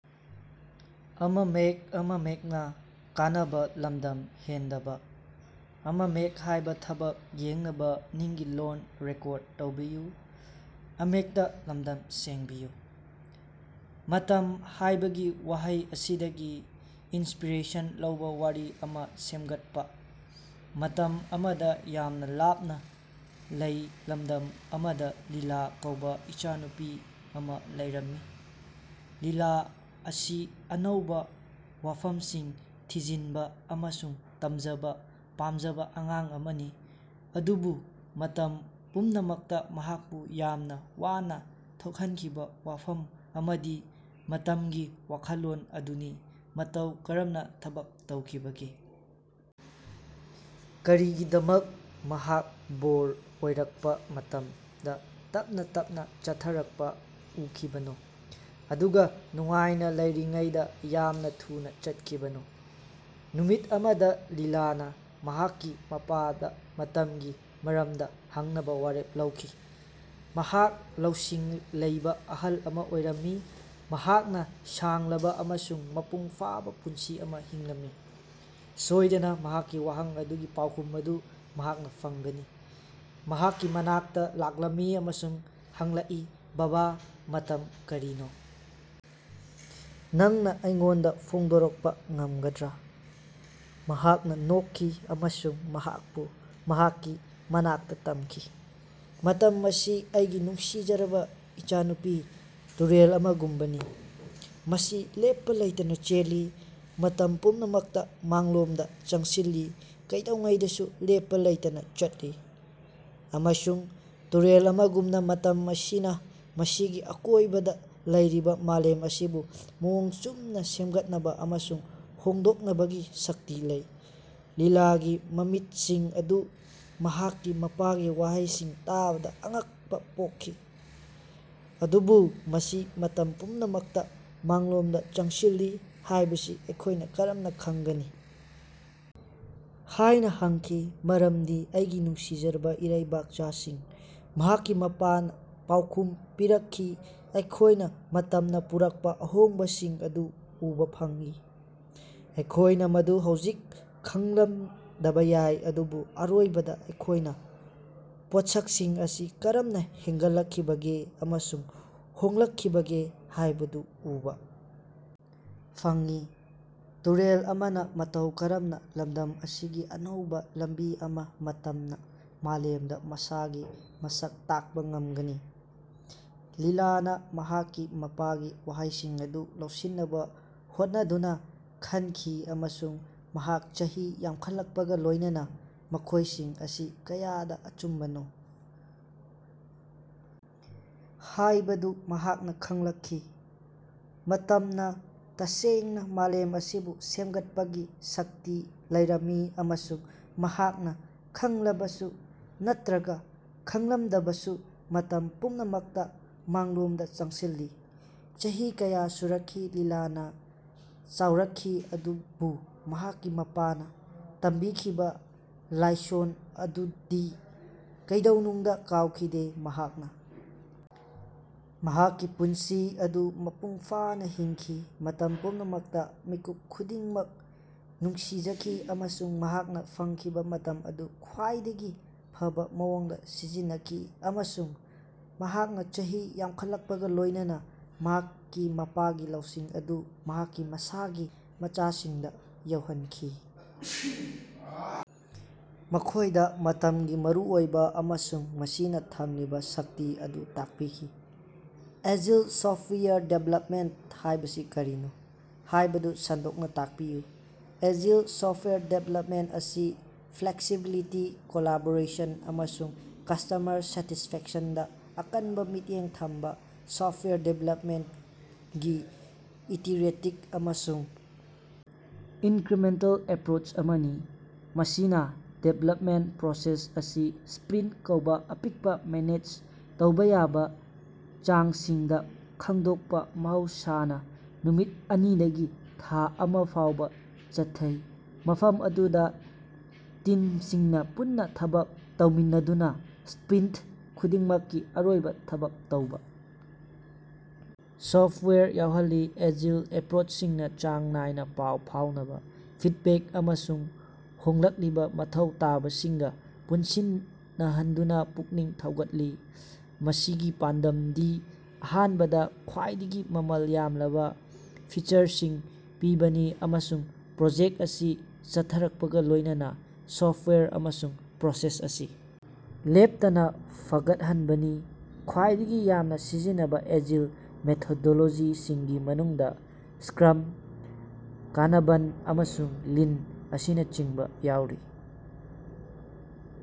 ꯃꯇꯝ ꯍꯥꯢꯕꯒꯤ ꯋꯥꯍꯩ ꯑꯁꯤꯗꯒꯤ ꯏꯟꯁꯄꯤꯔꯦꯁꯟ ꯂꯧꯕꯥ ꯋꯥꯔꯤ ꯑꯃꯥ ꯁꯦꯝꯒꯠꯄꯥ꯫ ꯃꯇꯝ ꯑꯃꯗ ꯌꯥꯝꯅ ꯂꯥꯞꯅ ꯂꯩ ꯂꯝꯗꯝ ꯑꯃꯗ ꯂꯤꯂꯥ ꯀꯧꯕꯥ ꯏꯆꯥꯅꯨꯄꯤ ꯑꯃ ꯂꯩꯔꯝꯃꯤ꯫ ꯂꯤꯂꯥ ꯑꯁꯤ ꯑꯅꯧꯕꯥ ꯋꯥꯐꯝꯁꯤꯡ ꯊꯤꯖꯤꯟꯕ ꯑꯃꯁꯨꯡ ꯇꯝꯖꯕ ꯄꯥꯝꯖꯕ ꯑꯉꯥꯡ ꯑꯃꯅꯤ꯫ ꯑꯗꯨꯕꯨ ꯃꯇꯝ ꯄꯨꯝꯅꯃꯛꯇ ꯃꯍꯥꯛꯄꯨ ꯌꯥꯝꯅ ꯋꯥꯅ ꯊꯣꯛꯍꯟꯈꯤꯕ ꯋꯥꯐꯝ ꯑꯃꯗꯤ ꯃꯇꯝꯒꯤ ꯋꯥꯈꯜꯂꯣꯟ ꯑꯗꯨꯅꯤ꯫ ꯃꯇꯧ ꯀꯔꯝꯅ ꯊꯕꯛ ꯇꯧꯈꯤꯕꯒꯦ? ꯀꯔꯤꯒꯤꯗꯃꯛ ꯃꯍꯥꯛ ꯕꯣꯔ ꯑꯣꯏꯔꯛꯄ ꯃꯇꯝꯗ ꯇꯞꯅ ꯇꯞꯅ ꯆꯠꯊꯔꯛꯄ ꯎꯈꯤꯕꯅꯣ, ꯑꯗꯨꯒꯥ ꯅꯨꯡꯉꯥꯏꯅꯥ ꯂꯩꯔꯤꯉꯩꯗꯥ ꯌꯥꯝꯅꯥ ꯊꯨꯅꯥ ꯆꯠꯈꯤꯕꯅꯣ? ꯅꯨꯃꯤꯠ ꯑꯃꯗ ꯂꯤꯂꯥꯅ ꯃꯍꯥꯛꯀꯤ ꯃꯄꯥꯗ ꯃꯇꯝꯒꯤ ꯃꯔꯝꯗ ꯍꯪꯅꯕꯥ ꯋꯥꯔꯦꯞ ꯂꯧꯈꯤ꯫ ꯃꯍꯥꯛ ꯂꯧꯁꯤꯡ ꯂꯩꯕꯥ ꯑꯍꯜ ꯑꯃ ꯑꯣꯏꯔꯝꯃꯤ ꯃꯍꯥꯛꯅ ꯁꯥꯡꯂꯕ ꯑꯃꯁꯨꯡ ꯃꯄꯨꯡ ꯐꯥꯕ ꯄꯨꯟꯁꯤ ꯑꯃ ꯍꯤꯡꯂꯝꯃꯤ꯫ ꯁꯣꯢꯗꯅ ꯃꯍꯥꯛꯀꯤ ꯋꯥꯍꯪ ꯑꯗꯨꯒꯤ ꯄꯥꯎꯈꯨꯝ ꯑꯗꯨ ꯃꯍꯥꯛꯅ ꯐꯪꯒꯅꯤ꯫ ꯃꯍꯥꯛꯀꯤ ꯃꯅꯥꯛꯇ ꯂꯥꯛꯂꯝꯃꯤ ꯑꯃꯁꯨꯡ ꯍꯪꯂꯛꯏ ꯕꯥꯕꯥ ꯃꯇꯝ ꯀꯔꯤꯅꯣ? ꯅꯪꯅꯥ ꯑꯩꯉꯣꯟꯗꯥ ꯐꯣꯡꯗꯣꯛꯔꯛꯄ ꯉꯝꯒꯗ꯭ꯔꯥ? ꯃꯍꯥꯛ ꯅꯣꯛꯈꯤ ꯑꯃꯁꯨꯡ ꯃꯍꯥꯛꯄꯨ ꯃꯍꯥꯛꯀꯤ ꯃꯅꯥꯛꯇꯥ ꯊꯝꯈꯤ꯫ ꯃꯇꯝ ꯑꯁꯤ ꯑꯩꯒꯤ ꯅꯨꯡꯁꯤꯖꯔꯕ ꯏꯆꯥꯅꯨꯄꯤ ꯇꯨꯔꯦꯜ ꯑꯃꯒꯨꯝꯕꯅꯤ꯫ ꯃꯁꯤ ꯂꯦꯞꯄꯥ ꯂꯩꯇꯅꯥ ꯆꯦꯜꯂꯤ ꯃꯇꯝ ꯄꯨꯝꯅꯃꯛꯇꯥ ꯃꯥꯡꯂꯣꯝꯗꯥ ꯆꯪꯁꯤꯜꯂꯤ ꯀꯩꯗꯧꯉꯩꯗꯁꯨ ꯂꯦꯞꯄ ꯂꯩꯇꯅ ꯆꯠꯂꯤ꯫ ꯑꯃꯁꯨꯡ ꯇꯨꯔꯦꯜ ꯑꯃꯒꯨꯝꯅ ꯃꯇꯝ ꯑꯁꯤꯅ ꯃꯁꯤꯒꯤ ꯑꯀꯣꯢꯕꯗ ꯂꯩꯔꯤꯕꯥ ꯃꯥꯂꯦꯝ ꯑꯁꯤꯕꯨ ꯃꯑꯣꯡ ꯆꯨꯝꯅꯥ ꯁꯦꯝꯒꯠꯅꯕ ꯑꯃꯁꯨꯡ ꯍꯣꯡꯗꯣꯛꯅꯕꯒꯤ ꯁꯛꯇꯤ ꯂꯩ꯫ ꯂꯤꯂꯥꯒꯤ ꯃꯃꯤꯠꯁꯤꯡ ꯑꯗꯨ ꯃꯍꯥꯛꯀꯤ ꯃꯄꯥꯒꯤ ꯋꯥꯍꯩꯁꯤꯡ ꯇꯥꯕꯗꯥ ꯑꯉꯛꯄꯥ ꯄꯣꯛꯈꯤ꯫ ꯑꯗꯨꯕꯨ ꯃꯁꯤ ꯃꯇꯝ ꯄꯨꯝꯅꯃꯛꯇ ꯃꯥꯡꯂꯣꯝꯗ ꯆꯪꯁꯤꯜꯂꯤ ꯍꯥꯢꯕꯁꯤ ꯑꯩꯈꯣꯢꯅ ꯀꯔꯝꯅꯥ ꯈꯡꯒꯅꯤ? ꯍꯥꯢꯅ ꯍꯪꯈꯤ꯫ ꯃꯔꯝꯗꯤ ꯑꯩꯒꯤ ꯅꯨꯡꯁꯤꯔꯕꯥ ꯏꯔꯩꯕꯥꯛꯆꯥꯁꯤꯡ ꯃꯍꯥꯛꯀꯤ ꯃꯄꯥꯅ ꯄꯥꯎꯈꯨꯝ ꯄꯤꯔꯛꯈꯤ ꯑꯩꯈꯣꯢꯅ ꯃꯇꯝꯅ ꯄꯨꯔꯛꯄ ꯑꯍꯣꯡꯕꯁꯤꯡ ꯑꯗꯨ ꯎꯕꯥ ꯐꯪꯏ꯫ ꯑꯩꯈꯣꯢꯅ ꯃꯗꯨ ꯍꯧꯖꯤꯛ ꯈꯡꯂꯝꯗꯕ ꯌꯥꯏ ꯑꯗꯨꯕꯨ ꯑꯔꯣꯏꯕꯗ ꯑꯩꯈꯣꯢꯅ ꯄꯣꯠꯁꯛꯁꯤꯡ ꯑꯁꯤ ꯀꯔꯝꯅ ꯍꯦꯟꯒꯠꯂꯛꯈꯤꯕꯒꯦ ꯑꯃꯁꯨꯡ ꯍꯣꯡꯂꯛꯈꯤꯕꯒꯦ ꯍꯥꯢꯕꯗꯨ ꯎꯕꯥ ꯐꯪꯏ꯫ ꯇꯨꯔꯦꯜ ꯑꯃꯅ ꯃꯇꯧ ꯀꯔꯝꯅ ꯂꯝꯗꯝ ꯑꯁꯤꯒꯤ ꯑꯅꯧꯕ ꯂꯝꯕꯤ ꯑꯃ ꯃꯇꯝꯅ ꯃꯥꯂꯦꯝꯗ ꯃꯁꯥꯒꯤ ꯃꯁꯛ ꯇꯥꯛꯄ ꯉꯝꯒꯅꯤ꯫ ꯂꯤꯂꯥꯅ ꯃꯍꯥꯛꯀꯤ ꯃꯄꯥꯒꯤ ꯋꯥꯍꯩꯁꯤꯡ ꯑꯗꯨ ꯂꯧꯁꯤꯟꯅꯕ ꯍꯣꯠꯅꯗꯨꯅ ꯈꯟꯈꯤ ꯑꯃꯁꯨꯡ ꯃꯍꯥꯛ ꯆꯍꯤ ꯌꯥꯝꯈꯠꯂꯛꯄꯒ ꯂꯣꯢꯅꯅꯥ ꯃꯈꯣꯢꯁꯤꯡ ꯑꯁꯤ ꯀꯌꯥꯗ ꯑꯆꯨꯝꯕꯅꯣ ꯍꯥꯢꯕꯗꯨ ꯃꯍꯥꯛꯅ ꯈꯡꯂꯛꯈꯤ꯫ ꯃꯇꯝꯅ ꯇꯁꯦꯡꯅ ꯃꯥꯂꯦꯝ ꯑꯁꯤꯕꯨ ꯁꯦꯝꯒꯠꯄꯒꯤ ꯁꯛꯇꯤ ꯂꯩꯔꯝꯃꯤ ꯑꯃꯁꯨꯡ ꯃꯍꯥꯛꯅ ꯈꯡꯂꯕꯁꯨ ꯅꯠꯇ꯭ꯔꯒ ꯈꯡꯂꯝꯗꯕꯁꯨ ꯃꯇꯝ ꯄꯨꯝꯅꯃꯛꯇ ꯃꯥꯡꯂꯣꯝꯗ ꯆꯪꯁꯤꯜꯂꯤ꯫ ꯆꯍꯤ ꯀꯌꯥ ꯁꯨꯔꯛꯈꯤ ꯂꯤꯂꯥꯅ ꯆꯥꯎꯔꯛꯈꯤ ꯑꯗꯨꯕꯨ ꯃꯍꯥꯛꯀꯤ ꯃꯄꯥꯅ ꯇꯝꯕꯤꯈꯤꯕ ꯂꯥꯏꯁꯣꯟ ꯑꯗꯨꯗꯤ ꯀꯩꯗꯧꯅꯨꯡꯗ ꯀꯥꯎꯈꯤꯗꯦ꯫ ꯃꯍꯥꯛꯅ ꯃꯍꯥꯛꯀꯤ ꯄꯨꯟꯁꯤ ꯑꯗꯨ ꯃꯄꯨꯡ ꯐꯥꯅ ꯍꯤꯡꯈꯤ ꯃꯇꯝ ꯄꯨꯝꯅꯃꯛꯇ ꯃꯤꯀꯨꯞ ꯈꯨꯗꯤꯡꯃꯛ ꯅꯨꯡꯁꯤꯖꯈꯤ ꯑꯃꯁꯨꯡ ꯃꯍꯥꯛꯅ ꯐꯪꯈꯤꯕ ꯃꯇꯝ ꯑꯗꯨ ꯈ꯭ꯋꯥꯏꯗꯒꯤ ꯐꯕꯥ ꯃꯑꯣꯡꯗ ꯁꯤꯖꯤꯟꯅꯈꯤ ꯑꯃꯁꯨꯡ ꯃꯍꯥꯛꯅ ꯆꯍꯤ ꯌꯥꯝꯈꯠꯂꯛꯄꯒ ꯂꯣꯢꯅꯅꯥ ꯃꯍꯥꯛꯀꯤ ꯃꯄꯥꯒꯤ ꯂꯧꯁꯤꯡ ꯑꯗꯨ ꯃꯍꯥꯛꯀꯤ ꯃꯁꯥꯒꯤ ꯃꯆꯥꯁꯤꯡꯗ ꯌꯧꯍꯟꯈꯤ ꯃꯈꯣꯢꯗ ꯃꯇꯝꯒꯤ ꯃꯔꯨꯑꯣꯏꯕ ꯑꯃꯁꯨꯡ ꯃꯁꯤꯅ ꯊꯝꯂꯤꯕ ꯁꯛꯇꯤ ꯑꯗꯨ ꯇꯥꯛꯄꯤꯈꯤ꯫ ꯑꯦꯖꯤꯜ ꯁꯣꯐꯇꯋꯥꯌꯔ ꯗꯤꯚꯦꯂꯞꯃꯦꯟꯇ ꯍꯥꯢꯕꯁꯤ ꯀꯔꯤꯅꯣ ꯍꯥꯢꯕꯗꯨ ꯁꯟꯗꯣꯛꯅ ꯇꯥꯛꯄꯤꯌꯨ꯫ ꯑꯦꯖꯤꯜ ꯁꯣꯐꯇꯋꯥꯌꯔ ꯗꯤꯚꯦꯂꯞꯃꯦꯟꯇ ꯑꯁꯤ ꯐ꯭ꯂꯦꯛꯁꯤꯕꯤꯂꯤꯇꯤ, ꯀꯣꯂꯥꯕꯣꯔꯦꯁꯟ, ꯑꯃꯁꯨꯡ ꯀꯁꯇꯃꯔ ꯁꯦꯇꯤꯁꯐꯦꯛꯁꯟꯗꯥ ꯑꯀꯟꯕ ꯃꯤꯠꯌꯦꯡ ꯊꯝꯕ ꯁꯣꯐꯇꯋꯥꯌꯔ ꯗꯤꯚꯦꯂꯄꯃꯦꯟꯇꯒꯤ ꯏꯇꯤꯔꯦꯇꯤꯚ ꯑꯃꯁꯨꯡ ꯏꯟꯀ꯭ꯔꯤꯃꯦꯟꯇꯦꯜ ꯑꯦꯄ꯭ꯔꯣꯆ ꯑꯃꯅꯤ꯫ ꯃꯁꯤꯅꯥ ꯗꯤꯕꯦꯂꯞꯃꯦꯟꯇ ꯄ꯭ꯔꯣꯁꯦꯁ ꯑꯁꯤ ꯁꯄ꯭ꯔꯤꯟꯇ ꯀꯧꯕꯥ ꯑꯄꯤꯛꯄ ꯃꯦꯅꯦꯖ ꯇꯧꯕꯥ ꯌꯥꯕ ꯆꯥꯡꯁꯤꯡꯗꯥ ꯈꯥꯛꯗꯣꯛꯏ ꯃꯍꯧꯁꯥꯅ ꯅꯨꯃꯤꯠ ꯑꯅꯤꯗꯒꯤ ꯊꯥ ꯑꯃꯥ ꯐꯥꯎꯕꯥ ꯆꯠꯊꯩ ꯃꯐꯝ ꯑꯗꯨꯗꯥ ꯇꯤꯝꯁꯤꯡꯅꯥ ꯄꯨꯟꯅꯥ ꯊꯕꯛ ꯇꯧꯃꯤꯟꯅꯗꯨꯅꯥ ꯁꯄ꯭ꯔꯤꯟꯇ ꯈꯨꯗꯤꯡꯃꯛꯀꯤ ꯑꯔꯣꯏꯕꯗ ꯊꯕꯛ ꯇꯧꯕꯥ ꯁꯣꯐꯋꯦꯌꯔ ꯌꯧꯍꯜꯂꯤ꯫ ꯑꯦꯖꯤꯜ ꯑꯦꯄ꯭ꯔꯣꯆꯁꯤꯡꯅ ꯆꯥꯡ ꯅꯥꯏꯅ ꯄꯥꯎ ꯐꯥꯎꯅꯕ, ꯐꯤꯗꯕꯦꯛ ꯑꯃꯁꯨꯡ ꯍꯣꯡꯂꯛꯂꯤꯕ ꯃꯊꯧ ꯇꯥꯕꯁꯤꯡꯒ ꯆꯨꯁꯤꯟꯅꯍꯟꯕꯗ ꯄꯨꯛꯅꯤꯡ ꯊꯧꯒꯠꯂꯤ꯫ ꯃꯁꯤꯒꯤ ꯄꯥꯟꯗꯝꯗꯤ ꯑꯍꯥꯟꯕꯗ ꯈ꯭ꯋꯥꯏꯗꯒꯤ ꯃꯃꯜ ꯌꯥꯝꯂꯕ ꯐꯤꯆꯔꯁꯤꯡ ꯄꯤꯕꯅꯤ ꯑꯃꯁꯨꯡ ꯄ꯭ꯔꯣꯖꯦꯛꯇ ꯑꯁꯤ ꯆꯠꯊꯔꯛꯄꯒ ꯂꯣꯢꯅꯅ ꯁꯣꯐꯋꯦꯌꯔ ꯑꯃꯁꯨꯡ ꯄ꯭ꯔꯣꯁꯦꯁ ꯑꯁꯤ ꯂꯦꯞꯇꯅ ꯐꯒꯠꯍꯟꯕꯅꯤ꯫ ꯈ꯭ꯋꯥꯏꯗꯒꯤ ꯌꯥꯝꯅ ꯁꯤꯖꯤꯟꯅꯕ ꯑꯦꯖꯤꯜ ꯃꯦꯊꯣꯗꯣꯂꯣꯖꯤꯁꯤꯡꯒꯤ ꯃꯅꯨꯡꯗꯥ ꯁꯀ꯭ꯔꯥꯝ, ꯀꯥꯅꯕꯟ, ꯑꯃꯁꯨꯡ ꯂꯤꯟ ꯑꯁꯤꯅꯆꯤꯡꯕꯥ ꯌꯥꯎꯔꯤ꯫